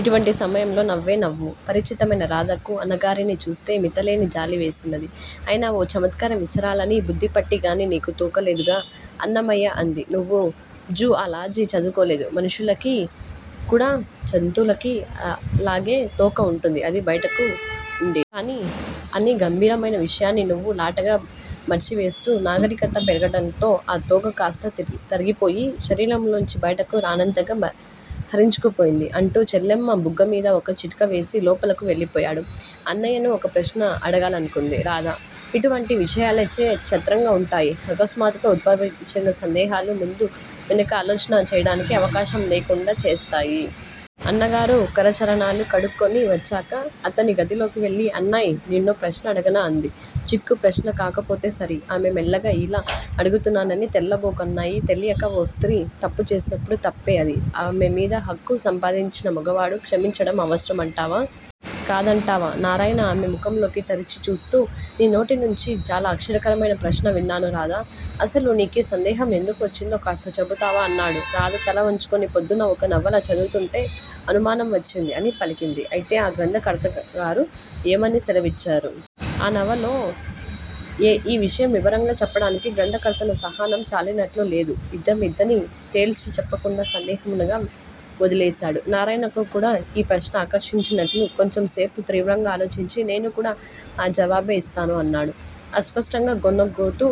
ఇటువంటి సమయంలో నవ్వే నవ్వు పరిచితమైన రాధకు అన్నగారిని చూస్తే మితిలేని జాలి వేసినది. అయినా ఓ చమత్కారం విసరాలని బుద్ధిపుట్టి కాని నీకు తోకలేదుగదా అన్నయ్యా అంది. నువ్వు జుఆలజీ చదువుకోలేదు మనుష్యులకి కూడా జంతువులకి లాగే తోక వుంటుంది. అది బయటకు వుండేది. కాని అని గంభీరమైన విషయాన్ని నవ్వులాటగా మర్చివేస్తూ నాగరికత పెరగటంతో ఆ తోక కాస్తా తరిగిపోయి శరీరంలోంచి బయటకు రానంతగా హరించుకుపోయింది. అంటూ చెల్లెమ్మ బుగ్గమీద ఒక చిటికవేసి లోపలకు వెళ్ళిపోయాడు. అన్నయ్యను ఒక ప్రశ్న అడగాలనుకుంది రాధ. ఇటువంటి విషయాలే చిత్రంగా వుంటాయి. ఆకస్మాత్తుగా ఉద్భవించిన సందేహాలు ముందూ వెనకా ఆలోచన చేయటానికి అవకాశం లేకుండా చేస్తాయి. అన్నగారు కరచరణాలు కడుక్కుని వచ్చాక అతని గదిలోకి వెళ్ళి అన్నాయ్, నిన్నో ప్రశ్న అడగనా? అంది. చిక్కు ప్రశ్న కాకపోతే సరి! ఆమె మెల్లగా యిలా అడుగుతున్నానని తెల్లబోకు అన్నాయ్. తెలియక ఓ స్త్రీ తప్పుచేసినప్పుడు-- తప్పే అది. ఆమెమీద హక్కు సంపాదించిన మొగవాడు క్షమించటం అవసరం అంటావా? కాదంటావా? నారాయణ ఆమె ముఖంలోకి తరిచి చూస్తూ నీ నోటి నుంచి చాలా ఆశ్చర్యకరమైన ప్రశ్న విన్నాను రాధా! అసలు నీకి సందేహం ఎందుకు వచ్చిందో కాస్త చెబుతావా? అన్నాడు. రాధ తలవొంచుకుని పొద్దున్న ఒక నవల చదువుతూంటే అనుమానం వచ్చింది అని పలికింది. అయితే, ఆ గ్రంథకర్తగారు యేమని సెలవిచ్చారు? ఆ నవలలో ఈ విషయం వివరంగా చెప్పటానికి గ్రంథకర్తకు సాహసం చాలినట్లు లేదు. ఇదమిద్ధమని తేల్చి చెప్పకుండానే సందేహస్పదంగా వొదిలేసేడు. నారాయణను కూడా ఈ ప్రశ్న ఆకర్షించినట్లుంది; కొంచెంసేపు తీవ్రంగా ఆలోచించి నేను కూడా ఆ జవాబే యిస్తాను అన్నాడు అస్పష్టంగా గొణుగుతూ.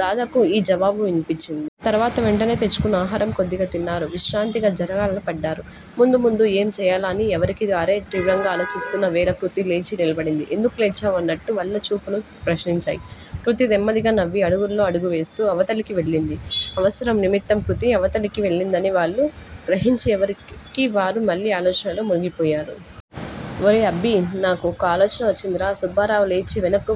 రాధకు ఈ జవాబు వినిపించింది. తర్వాత వెంట తెచ్చుకున్న ఆహారం కొద్దిగా తిన్నారు. విశ్రాంతిగా జారగిల్ల పడ్డాడు. ముందు ముందు ఏం చేయాలా అని ఎవరికీ వారే తీవ్రంగా ఆలోచిస్తున్న వేళ కృతి లేచి నిలబడింది. ఎందుకు లేచావ్? అన్నట్టు వల్ల చూపులు ప్రశ్నించాయి. కృతి నెమ్మదిగా నవ్వి అడుగులో అడుగు వేస్తూ అవతలకి వెళ్ళింది అవసర నిమిత్తం కృతి అవతలికి వెళ్ళిందని వాళ్ళు గ్రహించి ఎవరికి వారు మళ్ళీ ఆలోచనలో మునిగిపోయారు. ఒరే అబ్బీ! నాకో ఆలోచన వచ్చిందిరా! సుబ్బారావు లేచి వెనక్కు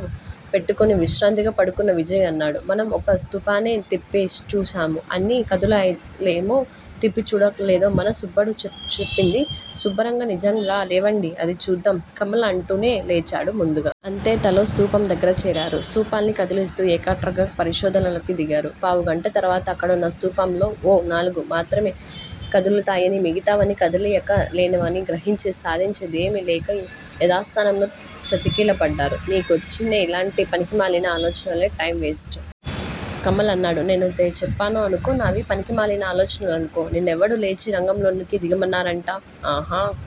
పెట్టుకుని విశ్రాంతిగా పడుకున్న విజయ్ అన్నాడు. మనం ఒక స్థూపాన్నే తిప్పి చూశాము. అన్నీ కదులుతాయో లేదో తిప్పి చూడలేదుకదా? మన సుబ్బడు చెప్పింది సుబ్బరంగా నిజంరా. లేవండి. అదీ చూద్దాం కమల అంటూనే లేచాడు ముందుగా. అంతే, తలో స్థూపం దగ్గర చేరారు. స్థూపాలని కదిలిస్తూ ఏకాగ్రటగా పరిశోధనలోకి దిగారు. పావుగంట తర్వాత అక్కడున్న స్థూపాలలో ఓ నాలుగు మాత్రమె కదులుతాయని మిగతావి కదలిక లేనివని గ్రహించి సాధించి దేమి లేక యదాస్థానంలో చతికిలబడ్డారు. నీ కొచ్చేనన్నీ ఇలాంటి పనికిమాలిన ఆలోచనలే. Time waste. కమల్ అన్నాడు. నేనేదోచెప్పానే అనుకో నావి పనికిమాలిన ఆలోచనలేఅనుకో. నిన్నేవడు లేచి రంగంలోకి దిగమన్నారంట? ఆహా